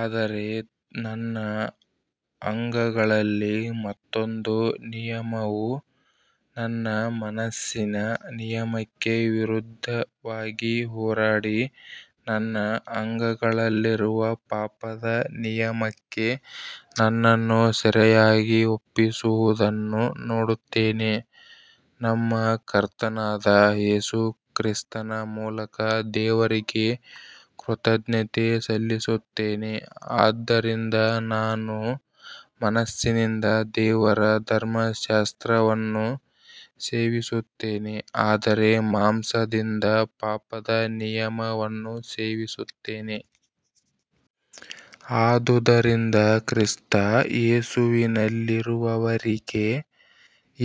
ಆದರೆ ನನ್ನ ಅಂಗಗಳಲ್ಲಿ ಮತ್ತೊಂದು ನಿಯಮವು ನನ್ನ ಮನಸ್ಸಿನ ನಿಯಮಕ್ಕೆ ವಿರುದ್ಧವಾಗಿ ಹೋರಾಡಿ, ನನ್ನ ಅಂಗಗಳಲ್ಲಿರುವ ಪಾಪದ ನಿಯಮಕ್ಕೆ ನನ್ನನ್ನು ಸೆರೆಯಾಗಿ ಒಪ್ಪಿಸುವುದನ್ನು ನೋಡುತ್ತೇನೆ. ನಮ್ಮ ಕರ್ತನಾದ ಯೇಸು ಕ್ರಿಸ್ತನ ಮೂಲಕ ದೇವರಿಗೆ ಕೃತಜ್ಞತೆ ಸಲ್ಲಿಸುತ್ತೇನೆ. ಆದ್ದರಿಂದ ನಾನು ಮನಸ್ಸಿನಿಂದ ದೇವರ ಧರ್ಮಶಾಸ್ತ್ರವನ್ನು ಸೇವಿಸುತ್ತೇನೆ, ಆದರೆ ಮಾಂಸದಿಂದ ಪಾಪದ ನಿಯಮವನ್ನು ಸೇವಿಸುತ್ತೇನೆ. ಆದುದರಿಂದ ಕ್ರಿಸ್ತ ಯೇಸುವಿನಲ್ಲಿರುವವರಿಗೆ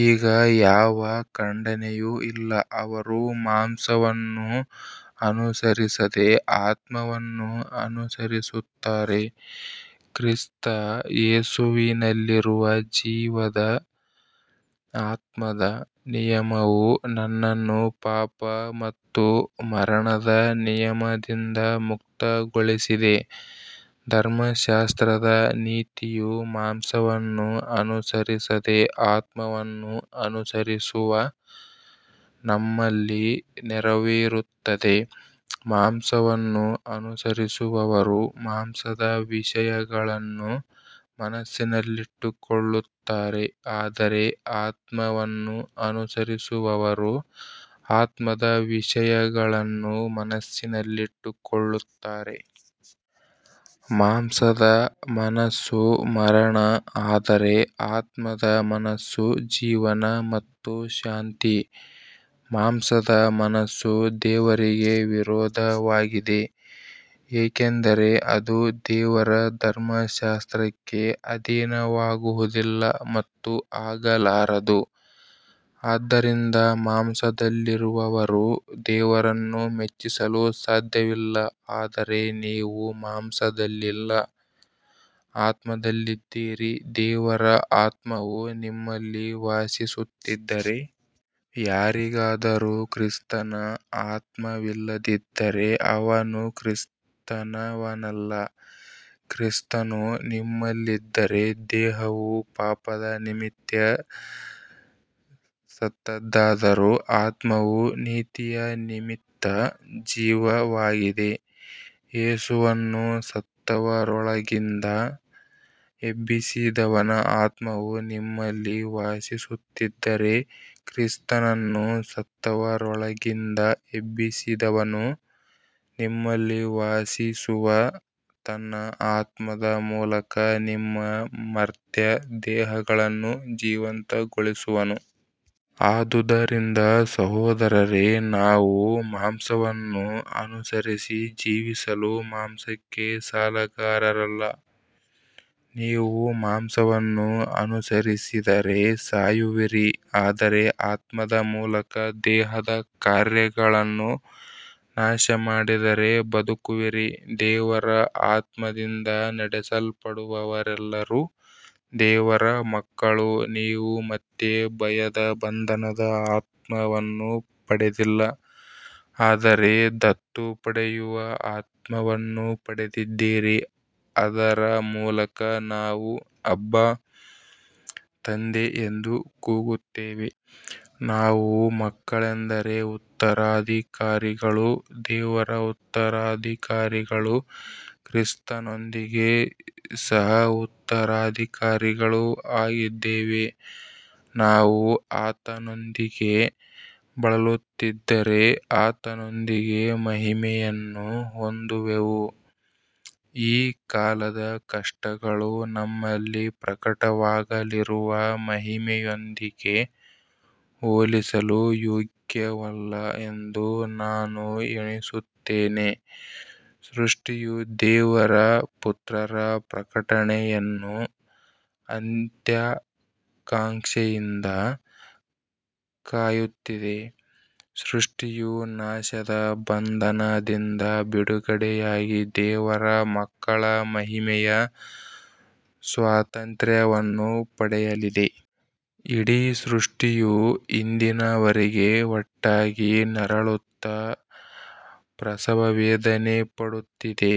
ಈಗ ಯಾವ ಖಂಡನೆಯೂ ಇಲ್ಲ, ಅವರು ಮಾಂಸವನ್ನು ಅನುಸರಿಸದೆ ಆತ್ಮವನ್ನು ಅನುಸರಿಸುತ್ತಾರೆ. ಕ್ರಿಸ್ತ ಯೇಸುವಿನಲ್ಲಿರುವ ಜೀವದ ಆತ್ಮದ ನಿಯಮವು ನನ್ನನ್ನು ಪಾಪ ಮತ್ತು ಮರಣದ ನಿಯಮದಿಂದ ಮುಕ್ತಗೊಳಿಸಿದೆ. ಧರ್ಮಶಾಸ್ತ್ರದ ನೀತಿಯು ಮಾಂಸವನ್ನು ಅನುಸರಿಸದೆ ಆತ್ಮವನ್ನು ಅನುಸರಿಸುವ ನಮ್ಮಲ್ಲಿ ನೆರವೇರುತ್ತದೆ. ಮಾಂಸವನ್ನು ಅನುಸರಿಸುವವರು ಮಾಂಸದ ವಿಷಯಗಳನ್ನು ಮನಸ್ಸಿನಲ್ಲಿಟ್ಟುಕೊಳ್ಳುತ್ತಾರೆ, ಆದರೆ ಆತ್ಮವನ್ನು ಅನುಸರಿಸುವವರು ಆತ್ಮದ ವಿಷಯಗಳನ್ನು ಮನಸ್ಸಿನಲ್ಲಿಟ್ಟುಕೊಳ್ಳುತ್ತಾರೆ. ಮಾಂಸದ ಮನಸ್ಸು ಮರಣ, ಆದರೆ ಆತ್ಮದ ಮನಸ್ಸು ಜೀವನ ಮತ್ತು ಶಾಂತಿ. ಮಾಂಸದ ಮನಸ್ಸು ದೇವರಿಗೆ ವಿರೋಧವಾಗಿದೆ, ಏಕೆಂದರೆ ಅದು ದೇವರ ಧರ್ಮಶಾಸ್ತ್ರಕ್ಕೆ ಅಧೀನವಾಗುವುದಿಲ್ಲ ಮತ್ತು ಆಗಲಾರದು. ಆದ್ದರಿಂದ ಮಾಂಸದಲ್ಲಿರುವವರು ದೇವರನ್ನು ಮೆಚ್ಚಿಸಲು ಸಾಧ್ಯವಿಲ್ಲ. ಆದರೆ ನೀವು ಮಾಂಸದಲ್ಲಿಲ್ಲ, ಆತ್ಮದಲ್ಲಿದ್ದೀರಿ, ದೇವರ ಆತ್ಮವು ನಿಮ್ಮಲ್ಲಿ ವಾಸಿಸುತ್ತಿದ್ದರೆ. ಯಾರಿಗಾದರೂ ಕ್ರಿಸ್ತನ ಆತ್ಮವಿಲ್ಲದಿದ್ದರೆ ಅವನು ಕ್ರಿಸ್ತನವನಲ್ಲ. ಕ್ರಿಸ್ತನು ನಿಮ್ಮಲ್ಲಿದ್ದರೆ ದೇಹವು ಪಾಪದ ನಿಮಿತ್ತ ಸತ್ತದ್ದಾದರೂ ಆತ್ಮವು ನೀತಿಯ ನಿಮಿತ್ತ ಜೀವವಾಗಿದೆ. ಯೇಸುವನ್ನು ಸತ್ತವರೊಳಗಿಂದ ಎಬ್ಬಿಸಿದವನ ಆತ್ಮವು ನಿಮ್ಮಲ್ಲಿ ವಾಸಿಸುತ್ತಿದ್ದರೆ, ಕ್ರಿಸ್ತನನ್ನು ಸತ್ತವರೊಳಗಿಂದ ಎಬ್ಬಿಸಿದವನು ನಿಮ್ಮಲ್ಲಿ ವಾಸಿಸುವ ತನ್ನ ಆತ್ಮದ ಮೂಲಕ ನಿಮ್ಮ ಮರ್ತ್ಯ ದೇಹಗಳನ್ನೂ ಜೀವಂತಗೊಳಿಸುವನು. ಆದುದರಿಂದ ಸಹೋದರರೇ, ನಾವು ಮಾಂಸವನ್ನು ಅನುಸರಿಸಿ ಜೀವಿಸಲು ಮಾಂಸಕ್ಕೆ ಸಾಲಗಾರರಲ್ಲ. ನೀವು ಮಾಂಸವನ್ನು ಅನುಸರಿಸಿದರೆ ಸಾಯುವಿರಿ, ಆದರೆ ಆತ್ಮದ ಮೂಲಕ ದೇಹದ ಕಾರ್ಯಗಳನ್ನು ನಾಶಮಾಡಿದರೆ ಬದುಕುವಿರಿ. ದೇವರ ಆತ್ಮದಿಂದ ನಡೆಸಲ್ಪಡುವವರೆಲ್ಲರೂ ದೇವರ ಮಕ್ಕಳು. ನೀವು ಮತ್ತೆ ಭಯದ ಬಂಧನದ ಆತ್ಮವನ್ನು ಪಡೆದಿಲ್ಲ, ಆದರೆ ದತ್ತು ಪಡೆಯುವ ಆತ್ಮವನ್ನು ಪಡೆದಿದ್ದೀರಿ, ಅದರ ಮೂಲಕ ನಾವು ಅಬ್ಬಾ, ತಂದೆ ಎಂದು ಕೂಗುತ್ತೇವೆ. ನಾವು ಮಕ್ಕಳೆಂದರೆ ಉತ್ತರಾಧಿಕಾರಿಗಳೂ ದೇವರ ಉತ್ತರಾಧಿಕಾರಿಗಳೂ ಕ್ರಿಸ್ತನೊಂದಿಗೆ ಸಹಉತ್ತರಾಧಿಕಾರಿಗಳೂ ಆಗಿದ್ದೇವೆ. ನಾವು ಆತನೊಂದಿಗೆ ಬಳಲುತ್ತಿದ್ದರೆ ಆತನೊಂದಿಗೆ ಮಹಿಮೆಯನ್ನು ಹೊಂದುವೆವು. ಈ ಕಾಲದ ಕಷ್ಟಗಳು ನಮ್ಮಲ್ಲಿ ಪ್ರಕಟವಾಗಲಿರುವ ಮಹಿಮೆಯೊಂದಿಗೆ ಹೋಲಿಸಲು ಯೋಗ್ಯವಲ್ಲ ಎಂದು ನಾನು ಎಣಿಸುತ್ತೇನೆ. ಸೃಷ್ಟಿಯು ದೇವರ ಪುತ್ರರ ಪ್ರಕಟಣೆಯನ್ನು ಅತ್ಯಾಕಾಂಕ್ಷೆಯಿಂದ ಕಾಯುತ್ತಿದೆ. ಸೃಷ್ಟಿಯೂ ನಾಶದ ಬಂಧನದಿಂದ ಬಿಡುಗಡೆಯಾಗಿ ದೇವರ ಮಕ್ಕಳ ಮಹಿಮೆಯ ಸ್ವಾತಂತ್ರ್ಯವನ್ನು ಪಡೆಯಲಿದೆ. ಇಡೀ ಸೃಷ್ಟಿಯು ಇಂದಿನವರೆಗೆ ಒಟ್ಟಾಗಿ ನರಳುತ್ತಾ ಪ್ರಸವವೇದನೆಪಡುತ್ತಿದೆ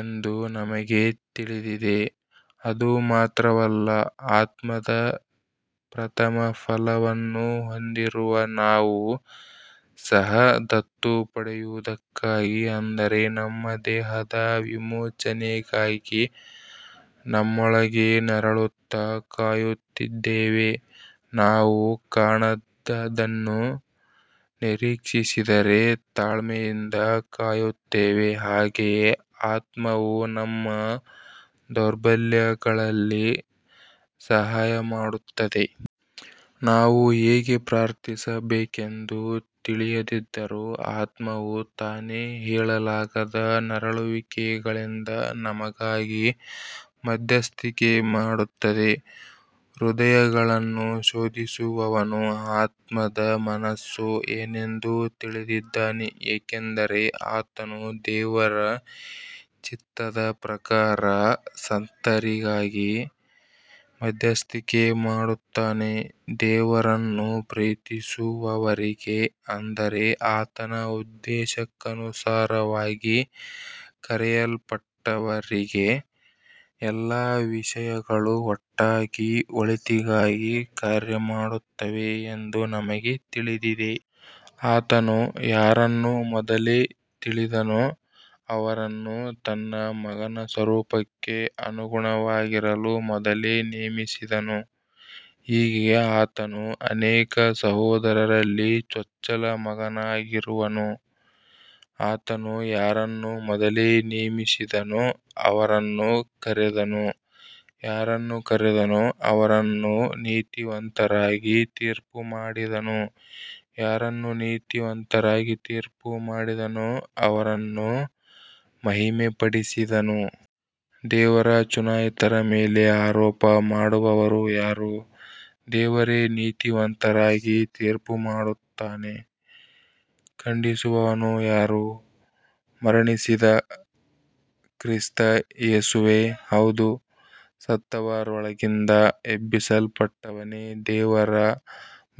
ಎಂದು ನಮಗೆ ತಿಳಿದಿದೆ. ಅದು ಮಾತ್ರವಲ್ಲ, ಆತ್ಮದ ಪ್ರಥಮಫಲವನ್ನು ಹೊಂದಿರುವ ನಾವೂ ಸಹ ದತ್ತು ಪಡೆಯುವುದಕ್ಕಾಗಿ, ಅಂದರೆ ನಮ್ಮ ದೇಹದ ವಿಮೋಚನೆಗಾಗಿ, ನಮ್ಮೊಳಗೆ ನರಳುತ್ತಾ ಕಾಯುತ್ತಿದ್ದೇವೆ. ನಾವು ಕಾಣದದ್ದನ್ನು ನಿರೀಕ್ಷಿಸಿದರೆ ತಾಳ್ಮೆಯಿಂದ ಕಾಯುತ್ತೇವೆ. ಹಾಗೆಯೇ ಆತ್ಮವು ನಮ್ಮ ದೌರ್ಬಲ್ಯಗಳಲ್ಲಿ ಸಹಾಯಮಾಡುತ್ತದೆ. ನಾವು ಹೇಗೆ ಪ್ರಾರ್ಥಿಸಬೇಕೆಂದು ತಿಳಿಯದಿದ್ದರೂ ಆತ್ಮವು ತಾನೇ ಹೇಳಲಾಗದ ನರಳುವಿಕೆಗಳಿಂದ ನಮಗಾಗಿ ಮಧ್ಯಸ್ಥಿಕೆ ಮಾಡುತ್ತದೆ. ಹೃದಯಗಳನ್ನು ಶೋಧಿಸುವವನು ಆತ್ಮದ ಮನಸ್ಸು ಏನೆಂದು ತಿಳಿದಿದ್ದಾನೆ, ಏಕೆಂದರೆ ಆತನು ದೇವರ ಚಿತ್ತದ ಪ್ರಕಾರ ಸಂತರಿಗಾಗಿ ಮಧ್ಯಸ್ಥಿಕೆ ಮಾಡುತ್ತಾನೆ. ದೇವರನ್ನು ಪ್ರೀತಿಸುವವರಿಗೆ, ಅಂದರೆ ಆತನ ಉದ್ದೇಶಕ್ಕನುಸಾರವಾಗಿ ಕರೆಯಲ್ಪಟ್ಟವರಿಗೆ, ಎಲ್ಲಾ ವಿಷಯಗಳು ಒಟ್ಟಾಗಿ ಒಳಿತಿಗಾಗಿ ಕಾರ್ಯಮಾಡುತ್ತವೆ ಎಂದು ನಮಗೆ ತಿಳಿದಿದೆ. ಆತನು ಯಾರನ್ನು ಮೊದಲೇ ತಿಳಿದನೋ ಅವರನ್ನು ತನ್ನ ಮಗನ ಸ್ವರೂಪಕ್ಕೆ ಅನುಗುಣವಾಗಿರಲು ಮೊದಲೇ ನೇಮಿಸಿದನು, ಹೀಗೆ ಆತನು ಅನೇಕ ಸಹೋದರರಲ್ಲಿ ಚೊಚ್ಚಲ ಮಗನಾಗಿರುವನು. ಆತನು ಯಾರನ್ನು ಮೊದಲೇ ನೇಮಿಸಿದನೋ ಅವರನ್ನು ಕರೆದನು, ಯಾರನ್ನು ಕರೆದನೋ ಅವರನ್ನು ನೀತಿವಂತರಾಗಿ ತೀರ್ಪುಮಾಡಿದನು, ಯಾರನ್ನು ನೀತಿವಂತರಾಗಿ ತೀರ್ಪುಮಾಡಿದನೋ ಅವರನ್ನು ಮಹಿಮೆಪಡಿಸಿದನು. ದೇವರ ಚುನಾಯಿತರ ಮೇಲೆ ಆರೋಪ ಮಾಡುವವರು ಯಾರು. ದೇವರೇ ನೀತಿವಂತರಾಗಿ ತೀರ್ಪುಮಾಡುತ್ತಾನೆ. ಖಂಡಿಸುವವನು ಯಾರು. ಮರಣಿಸಿದ ಕ್ರಿಸ್ತ ಯೇಸುವೇ, ಹೌದು, ಸತ್ತವರೊಳಗಿಂದ ಎಬ್ಬಿಸಲ್ಪಟ್ಟವನೇ ದೇವರ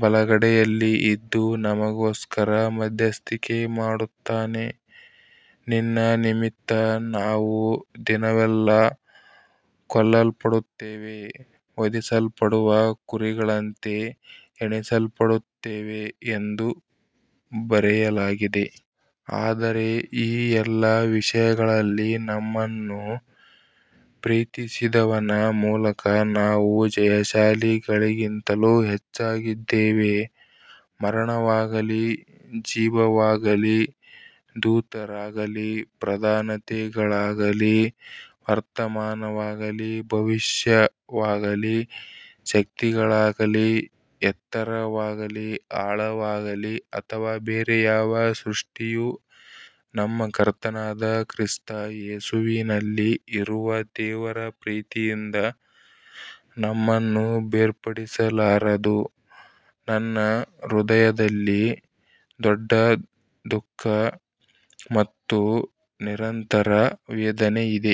ಬಲಗಡೆಯಲ್ಲಿ ಇದ್ದು ನಮಗೋಸ್ಕರ ಮಧ್ಯಸ್ಥಿಕೆ ಮಾಡುತ್ತಾನೆ. ನಿನ್ನ ನಿಮಿತ್ತ ನಾವು ದಿನವೆಲ್ಲಾ ಕೊಲ್ಲಲ್ಪಡುತ್ತೇವೆ, ವಧಿಸಲ್ಪಡುವ ಕುರಿಗಳಂತೆ ಎಣಿಸಲ್ಪಡುತ್ತೇವೆ ಎಂದು ಬರೆಯಲಾಗಿದೆ. ಆದರೆ ಈ ಎಲ್ಲ ವಿಷಯಗಳಲ್ಲಿ ನಮ್ಮನ್ನು ಪ್ರೀತಿಸಿದವನ ಮೂಲಕ ನಾವು ಜಯಶಾಲಿಗಳಿಗಿಂತಲೂ ಹೆಚ್ಚಾಗಿದ್ದೇವೆ. ಮರಣವಾಗಲಿ, ಜೀವವಾಗಲಿ, ದೂತರಾಗಲಿ, ಪ್ರಧಾನತೆಗಳಾಗಲಿ, ವರ್ತಮಾನವಾಗಲಿ, ಭವಿಷ್ಯವಾಗಲಿ, ಶಕ್ತಿಗಳಾಗಲಿ, ಎತ್ತರವಾಗಲಿ, ಆಳವಾಗಲಿ ಅಥವಾ ಬೇರೆ ಯಾವ ಸೃಷ್ಟಿಯೂ ನಮ್ಮ ಕರ್ತನಾದ ಕ್ರಿಸ್ತ ಯೇಸುವಿನಲ್ಲಿ ಇರುವ ದೇವರ ಪ್ರೀತಿಯಿಂದ ನಮ್ಮನ್ನು ಬೇರ್ಪಡಿಸಲಾರದು. ನನ್ನ ಹೃದಯದಲ್ಲಿ ದೊಡ್ಡ ದುಃಖ ಮತ್ತು ನಿರಂತರ ವೇದನೆಯಿದೆ.